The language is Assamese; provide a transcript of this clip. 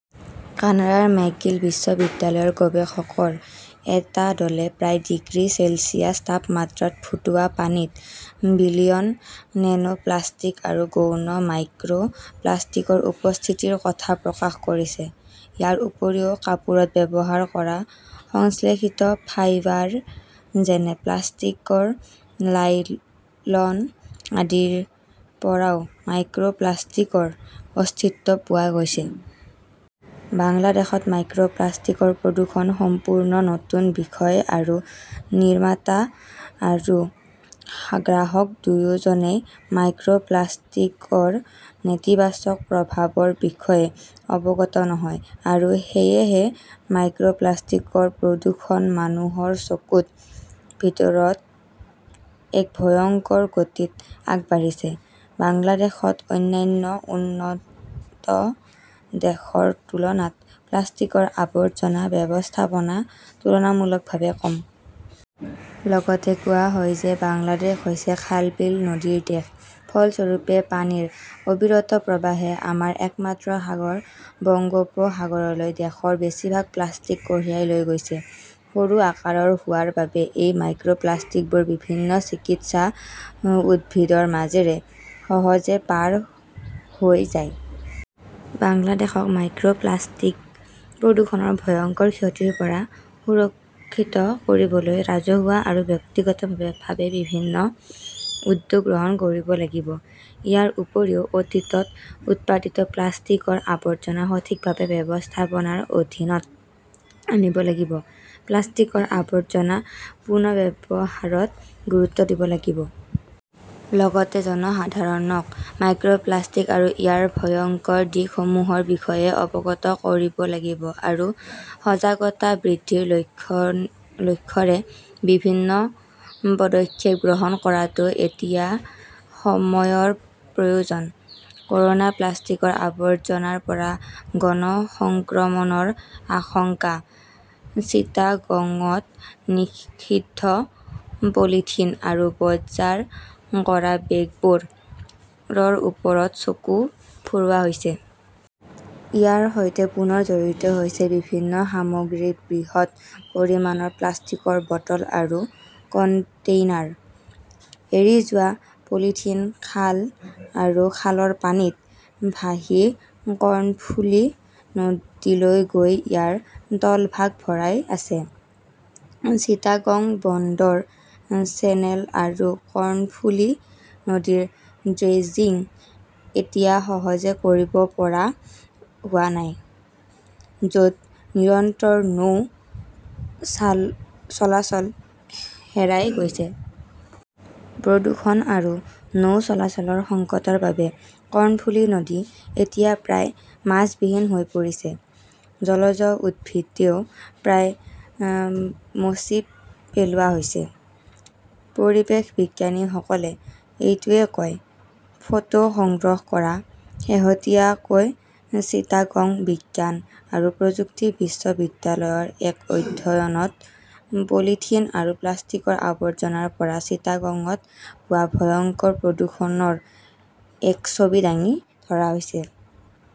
কানাডাৰ মেকগিল বিশ্ববিদ্যালয়ৰ গৱেষকৰ এটা দলে প্ৰায় ডিগ্ৰী চেলছিয়াছ তাপমাত্ৰাত ফুটোৱা পানীত বিলিয়ন নেনোপ্লাস্টিক আৰু গৌণ মাইক্ৰ 'প্লাষ্টিকৰ উপস্থিতিৰ কথা প্ৰকাশ কৰিছে। ইয়াৰ উপৰিও কাপোৰত ব্যৱহাৰ কৰা সংশ্লেষিত ফাইবাৰ যেনে পলিষ্টাৰ, নাইলন আদিৰ পৰাও মাইক্ৰ 'প্লাষ্টিকৰ অস্তিত্ব পোৱা গৈছে। বাংলাদেশত মাইক্ৰ 'প্লাষ্টিকৰ প্ৰদূষণ সম্পূৰ্ণ নতুন বিষয় আৰু নিৰ্মাতা আৰু গ্ৰাহক দুয়োজনেই মাইক্ৰ' প্লাষ্টিকৰ নেতিবাচক প্ৰভাৱৰ বিষয়ে অৱগত নহয়। আৰু সেয়েহে মাইক্ৰ'প্লাষ্টিকৰ প্ৰদূষণ মানুহৰ চকুৰ ভিতৰত এক ভয়ংকৰ গতিত আগবাঢ়িছে। বাংলাদেশত অন্যান্য উন্নত দেশৰ তুলনাত প্লাষ্টিকৰ আৱৰ্জনা ব্যৱস্থাপনা তুলনামূলকভাৱে কম। লগতে কোৱা হয় যে বাংলাদেশ হৈছে খালবিল নদীৰ দেশ। ফলস্বৰূপে, পানীৰ অবিৰত প্ৰৱাহে আমাৰ একমাত্ৰ সাগৰ বংগোপসাগৰলৈ দেশৰ বেছিভাগ প্লাষ্টিক কঢ়িয়াই লৈ গৈছে। সৰু আকাৰৰ হোৱাৰ বাবে এই মাইক্ৰ 'প্লাষ্টিকবোৰ বিভিন্ন চিকিৎসা উদ্ভিদৰ মাজেৰে সহজে পাৰ হৈ যায়। বাংলাদেশক মাইক্ৰ 'প্লাষ্টিক প্ৰদূষণৰ ভয়ংকৰ ক্ষতিৰ পৰা সুৰক্ষিত কৰিবলৈ ৰাজহুৱা আৰু ব্যক্তিগতভাৱে বিভিন্ন উদ্যোগ গ্ৰহণ কৰিব লাগিব। ইয়াৰ উপৰিও অতীতত উৎপাদিত প্লাষ্টিকৰ আৱৰ্জনা সঠিকভাৱে ব্যৱস্থাপনাৰ অধীনত আনিব লাগিব। প্লাষ্টিকৰ আৱৰ্জনা পুনৰ্ব্যৱহাৰত গুৰুত্ব দিব লাগিব। লগতে জনসাধাৰণক মাইক্ৰ 'প্লাষ্টিক আৰু ইয়াৰ ভয়ংকৰ দিশসমূহৰ বিষয়ে অৱগত কৰিব লাগিব আৰু সজাগতা বৃদ্ধিৰ লক্ষ্যৰে বিভিন্ন পদক্ষেপ গ্ৰহণ কৰাটো এতিয়া সময়ৰ প্ৰয়োজন। ক'ৰোনা প্লাষ্টিকৰ আৱৰ্জনাৰ পৰা গণ সংক্ৰমণৰ আশংকা চিটাগঙত নিষিদ্ধ পলিথিন আৰু বজাৰ কৰা বেগবোৰৰ ওপৰত চকু ফুৰোৱা হৈছে। ইয়াৰ সৈতে পুনৰ জড়িত হৈছে বিভিন্ন সামগ্ৰীৰ বৃহৎ পৰিমাণৰ প্লাষ্টিকৰ বটল আৰু কণ্টেইনাৰ। এৰি যোৱা পলিথিন খাল আৰু খালৰ পানীত ভাহি কৰ্ণফুলি নদীলৈ গৈ ইয়াৰ তলভাগ ভৰাই আছে। চিটাগং বন্দৰ চেনেল আৰু কৰ্ণফুলি নদীৰ ড্ৰেজিং এতিয়া সহজে কৰিব পৰা হোৱা নাই, য 'ত নিৰন্তৰ নৌ চলাচল হেৰাই গৈছে। প্ৰদূষণ আৰু নৌ চলাচলৰ সংকটৰ বাবে কৰ্ণফুলি নদী এতিয়া প্ৰায় মাছবিহীন হৈ পৰিছে। জলজ উদ্ভিদও প্ৰায় মচি পেলোৱা হৈছে। পৰিৱেশ বিজ্ঞানীসকলে এইটোৱেই কয়। ফটো সংগ্ৰহ কৰা শেহতীয়াকৈ চিটাগং বিজ্ঞান আৰু প্ৰযুক্তি বিশ্ববিদ্যালয়ৰ এক অধ্যয়নত পলিথিন আৰু প্লাষ্টিকৰ আৱৰ্জনাৰ পৰা চিটাগঙত হোৱা ভয়ংকৰ প্ৰদূষণৰ এক ছবি দাঙি ধৰা হৈছে।